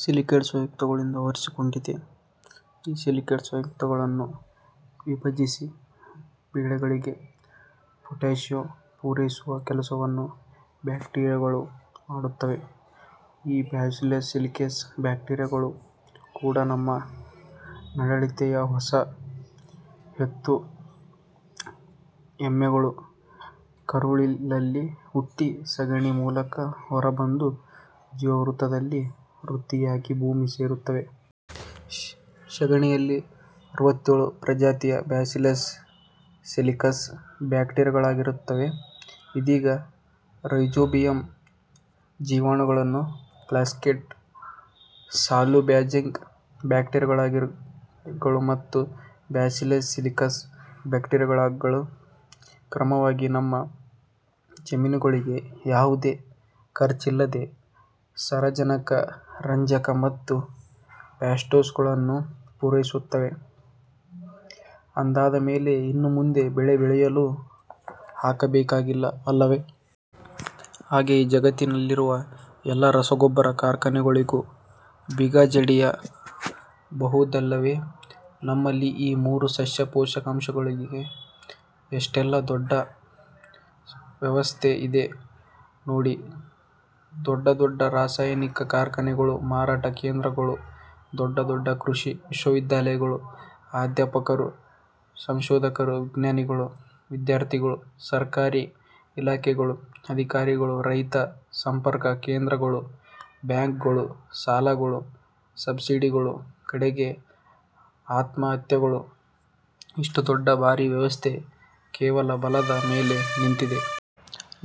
Silicate ಸಂಯುಕ್ತಗಳಿಂದ ಆವರಿಸಿಕೊಂಡಿದೆ. ಈ ಸಿಲಿಕೇಟ್ ಸಂಯುಕ್ತಗಳನ್ನು ವಿಭಜಿಸಿ ಬೆಳೆಗಳಿಗೆ ಪೊಟ್ಯಾಷ್ ಪೂರೈಸುವ ಕೆಲಸವನ್ನು ಬ್ಯಾಕ್ಟೀರಿಯಾಗಳು ಮಾಡುತ್ತವೆ. ಈ ಬ್ಯಾಸಿಲಸ್ ಸಿಲಿಕಸ್ ಬ್ಯಾಕ್ಟೀರಿಯಾಗಳು ಕೂಡ ನಮ್ಮ ನಾಡತಳಿಯ ಹಸು, ಎತ್ತು, ಎಮ್ಮೆಗಳ ಕರುಳಲ್ಲಿ ಹುಟ್ಟಿ, ಸಗಣಿ ಮೂಲಕ ಹೊರ ಬಂದು, ಜೀವಾಮೃತದಲ್ಲಿ ವೃದ್ಧಿಯಾಗಿ ಭೂಮಿ ಸೇರುತ್ತವೆ. ಸಗಣಿಯಲ್ಲಿ ಅರವತ್ತೇಳು ಪ್ರಜಾತಿಯ ಬ್ಯಾಸಿಲಸ್ ಸಿಲಿಕಸ್ ಬ್ಯಾಕ್ಟೀರಿಯಾಗಳಿರುತ್ತವೆ. ಇದೀಗ ರೈಜೋಬಿಯಂ ಜೀವಾಣುಗಳು, ಫಾಸ್ಫೇಟ್ ಸಾಲ್ಯುಬಲೈಜಿಂಗ್ ಬ್ಯಾಕ್ಟೀರಿಯಾಗಳು ಮತ್ತು ಬ್ಯಾಸಿಲಿಸ್ ಸಿಲಿಕಸ್ ಬ್ಯಾಕ್ಟೀರಿಯಾಗಳು ಕ್ರಮವಾಗಿ ನಮ್ಮ ಜಮೀನುಗಳಿಗೆ ಯಾವುದೇ ಖರ್ಚಿಲ್ಲದೆ ಸಾರಜನಕ, ರಂಜಕ ಮತ್ತು ಪೊಟ್ಯಾಷ್ಗಳನ್ನು ಪೂರೈಸುತ್ತವೆ. ಅಂದಾದಮೇಲೆ ಇನ್ನು ಮುಂದೆ ಬೆಳೆ ಬೆಳೆಯಲು ಹಾಕಬೇಕಾಗಿಲ್ಲ ಅಲ್ಲವೆ? ಹಾಗೆಯೇ ಜಗತ್ತಿನಲ್ಲಿರುವ ಎಲ್ಲ ರಸಗೊಬ್ಬರದ ಕಾರ್ಖಾನೆಗಳಿಗೂ ಬೀಗ ಜಡಿಯ ಬಹುದಲ್ಲವೆ ನಮ್ಮಲ್ಲಿ ಈ ಮೂರು ಸಸ್ಯ ಪೋಷಕಾಂಶಗಳಿಗೆ ಎಷ್ಟೆಲ್ಲ ದೊಡ್ಡ ವ್ಯವಸ್ಥೆ ಇದೆ ನೋಡಿ; ದೊಡ್ಡ ದೊಡ್ಡ ರಾಸಾಯನಿಕ ಕಾರ್ಖಾನೆಗಳು, ಮಾರಾಟ ಕೇಂದ್ರಗಳು; ದೊಡ್ಡ ದೊಡ್ಡ ಕೃಷಿ ವಿಶ್ವವಿದ್ಯಾಲಯಗಳು, ಅಧ್ಯಾಪಕರು, ಸಂಶೋಧಕರು, ವಿಜ್ಞಾನಿಗಳು, ವಿದ್ಯಾರ್ಥಿಗಳು; ಸರಕಾರಿ ಇಲಾಖೆಗಳು, ಅಧಿಕಾರಿಗಳು, ರೈತ ಸಂಪರ್ಕ ಕೇಂದ್ರಗಳು; ಬ್ಯಾಂಕುಗಳು, ಸಾಲಗಳು, ಸಬ್ಸಿಡಿಗಳು; ಕಡೆಗೆ ಆತ್ಮಹತ್ಯೆಗಳು ಇಷ್ಟು ದೊಡ್ಡ ಭಾರೀ ವ್ಯವಸ್ಥೆ ಕೇವಲ ಬಲದ ಮೇಲೆ ನಿಂತಿದೆ.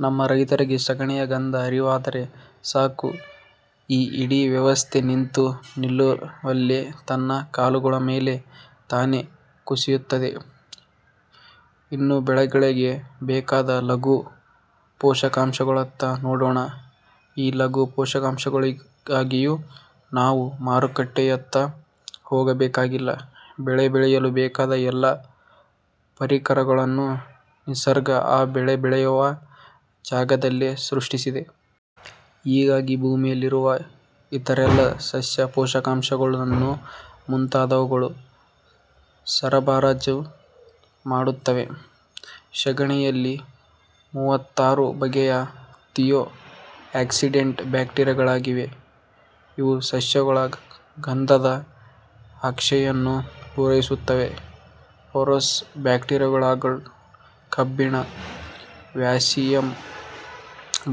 ನಮ್ಮ ರೈತರಿಗೆ ಸಗಣಿಯ ಗಂಧ ಅರಿವಾದರೆ ಸಾಕು, ಈ ಇಡೀ ವ್ಯವಸ್ಥೆ ನಿಂತ ನಿಲುವಲ್ಲೆ ತನ್ನ ಕಾಲುಗಳ ಮೇಲೆ ತಾನೇ ಕುಸಿಯುತ್ತದೆ. ಇನ್ನು ಬೆಳೆಗಳಿಗೆ ಬೇಕಾದ ಲಘು ಪೋಷಕಾಂಶಗಳತ್ತ ನೋಡೋಣ. ಈ ಲಘು ಪೋಷಕಾಂಶಗಳಿಗಾಗಿಯೂ ನಾವು ಮಾರುಕಟ್ಟೆಯತ್ತ ಹೋಗಬೇಕಾಗಿಲ್ಲ. ಬೆಳೆ ಬೆಳೆಯಲು ಬೇಕಾದ ಎಲ್ಲ ಪರಿಕರಗಳನ್ನು ನಿಸರ್ಗ ಆ ಬೆಳೆ ಬೆಳೆವ ಜಾಗದಲ್ಲೇ ಸೃಷ್ಟಿಸಿದೆ. ಹೀಗಾಗಿ ಭೂಮಿಯಲ್ಲಿರುವ ಇತರೆಲ್ಲ ಸಸ್ಯ ಪೋಷಕಾಂಶಗಳನ್ನು ಮುಂತಾದವುಗಳು ಸರಬರಾಜು ಮಾಡುತ್ತವೆ. ಸಗಣಿಯಲ್ಲಿ ಮೂವತ್ತಾರು ಬಗೆಯ ಥಿಯೋ ಆಕ್ಸಿಡೆಂಟ್ ಬ್ಯಾಕ್ಟೀರಿಯಾಗಳಿವೆ. ಇವು ಸಸ್ಯಗಳ ಗಂಧಕದ ಅಪೇಕ್ಷೆಯನ್ನು ಪೂರೈಸುತ್ತವೆ. ಫೆರೂಸ್ ಬ್ಯಾಕ್ಟೀರಿಯಾಗಳು ಕಬ್ಬಿಣ, ಮ್ಯಾಗ್ನೀಷಿಯಂ,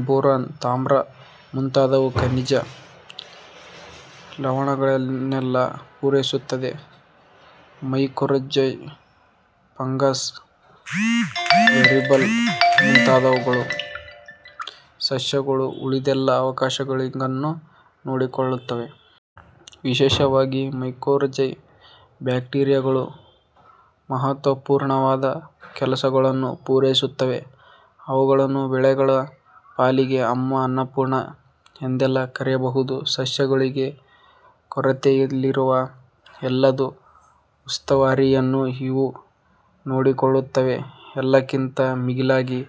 ಬೋರಾನ್, ತಾಮ್ರ ಮುಂತಾದ ಖನಿಜ, ಲವಣಗಳನ್ನೆಲ್ಲ ಪೂರೈಸುತ್ತವೆ. ಮೈಕೋರೈಜಾ ಫಂಗಸ್, ವೆರಿಬಲ್ ಮುಂತಾದವುಗಳು ಸಸ್ಯಗಳ ಉಳಿದೆಲ್ಲ ಅವಶ್ಯಕತೆಗಳನ್ನು ನೋಡಿಕೊಳ್ಳುತ್ತವೆ. ವಿಶೇಷವಾಗಿ ಮೈಕೋರೈಜಾ ಬ್ಯಾಕ್ಟೀರಿಯಾಗಳು ಮಹತ್ವಪೂರ್ಣವಾದ ಕೆಲಸಗಳನ್ನು ಪೂರೈಸುತ್ತವೆ. ಅವುಗಳನ್ನು ಬೆಳೆಗಳ ಪಾಲಿಗೆ 'ಅಮ್ಮ', 'ಅನ್ನಪೂರ್ಣೆ' ಎಂದೆಲ್ಲಾ ಕರೆಯಬಹುದು. ಸಸ್ಯಗಳಿಗೆ ಕೊರತೆಯಿರುವ ಎಲ್ಲದರ ಉಸ್ತುವಾರಿಯನ್ನು ಇವು ನೋಡಿಕೊಳ್ಳುತ್ತವೆ. ಎಲ್ಲಕ್ಕಿಂತ ಮಿಗಿಲಾಗಿ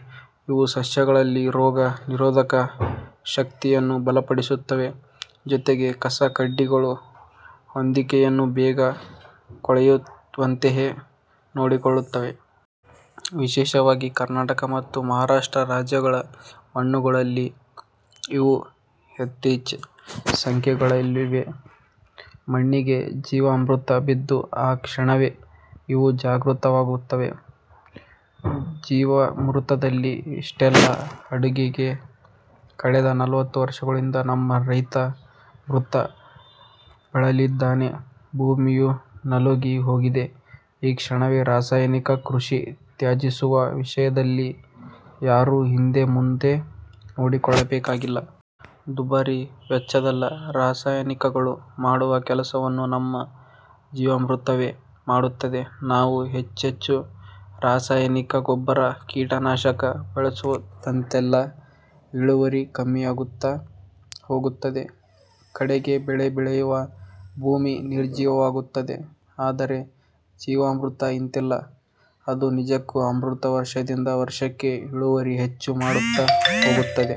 ಇವು ಸಸ್ಯಗಳಲ್ಲಿ ರೋಗ ನಿರೋಧಕ ಶಕ್ತಿಯನ್ನೂ ಬಲಪಡಿಸುತ್ತವೆ. ಜೊತೆಗೆ ಕಸ-ಕಡ್ಡಿಗಳ ಹೊದಿಕೆಯನ್ನು ಬೇಗ ಕೊಳೆಯುವಂತೆಯೂ ನೋಡಿಕೊಳ್ಳುತ್ತವೆ. ವಿಶೇಷವಾಗಿ ಕರ್ನಾಟಕ ಮತ್ತು ಮಹಾರಾಷ್ಟ್ರ ರಾಜ್ಯಗಳ ಮಣ್ಣುಗಳಲ್ಲಿ ಇವು ಯಥೇಚ್ಛ ಸಂಖ್ಯೆಯಲ್ಲಿವೆ. ಮಣ್ಣಿಗೆ ಜೀವಾಮೃತ ಬಿದ್ದ ಆ ಕ್ಷಣವೇ ಇವು ಜಾಗೃತವಾಗುತ್ತವೆ. ಜೀವಾಮೃತದಲ್ಲಿ ಇಷ್ಟೆಲ್ಲ ಅಡಗಿದೆ. ಕಳೆದ ನಲವತ್ತು ವರ್ಷಗಳಿಂದ ನಮ್ಮ ರೈತ ವೃಥಾ ಬಳಲಿದ್ದಾನೆ. ಭೂಮಿಯೂ ನಲುಗಿ ಹೋಗಿದೆ. ಈ ಕ್ಷಣವೇ ರಾಸಾಯನಿಕ ಕೃಷಿ ತ್ಯಜಿಸುವ ವಿಷಯದಲ್ಲಿ ಯಾರೂ ಹಿಂದೆ-ಮುಂದೆ ನೋಡಬೇಕಾಗಿಲ್ಲ. ದುಬಾರಿ ವೆಚ್ಚದಲ್ಲಿ ರಾಸಾಯನಿಕಗಳು ಮಾಡುವ ಕೆಲಸವನ್ನು ನಮ್ಮ ಜೀವಾಮೃತವೆ ಮಾಡುತ್ತದೆ. ನಾವು ಹೆಚ್ಚೆಚ್ಚು ರಾಸಾಯನಿಕ ಗೊಬ್ಬರ, ಕೀಟನಾಶಕ ಬಳಸಿದಂತೆಲ್ಲ ಇಳುವರಿ ಕಮ್ಮಿಯಾಗುತ್ತಾ ಹೋಗುತ್ತದೆ, ಕಡೆಗೆ ಬೆಳೆ ಬೆಳೆವ ಭೂಮಿ ನಿರ್ಜೀವವಾಗುತ್ತದೆ. ಆದರೆ ಜೀವಾಮೃತ ಇಂಥಲ್ಲ; ಅದು ನಿಜಕ್ಕೂ ಅಮೃತ. ವರ್ಷದಿಂದ ವರ್ಷಕ್ಕೆ ಇಳುವರಿ ಹೆಚ್ಚು ಮಾಡುತ್ತಾ ಹೋಗುತ್ತದೆ.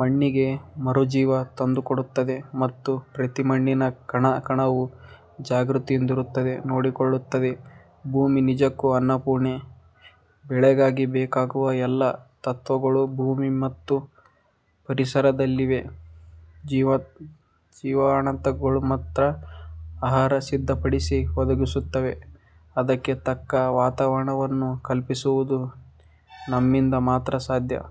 ಮಣ್ಣಿಗೆ ಮರುಜೀವ ತಂದುಕೊಡುತ್ತದೆ ಮತ್ತು ಪ್ರತಿ ಮಣ್ಣಿನ ಕಣ, ಕಣವೂ ಜಾಗೃತಿಯಿಂದಿರುವಂತೆ ನೋಡಿಕೊಳ್ಳುತ್ತದೆ. ಭೂಮಿ ನಿಜಕ್ಕೂ ಅನ್ನಪೂರ್ಣೆ. ಬೆಳೆಗಾಗಿ ಬೇಕಾಗುವ ಎಲ್ಲ ತತ್ವಗಳು ಭೂಮಿ ಮತ್ತು ಪರಿಸರದಲ್ಲಿವೆ. ಜೀವಾಣುಗಳು ಮಾತ್ರ ಆಹಾರ ಸಿದ್ಧಪಡಿಸಿ ಒದಗಿಸುತ್ತವೆ. ಅದಕ್ಕೆ ತಕ್ಕ ವಾತಾವರಣವನ್ನು ಕಲ್ಪಿಸುವುದು ನಮ್ಮಿಂದ ಮಾತ್ರ ಸಾಧ್ಯ.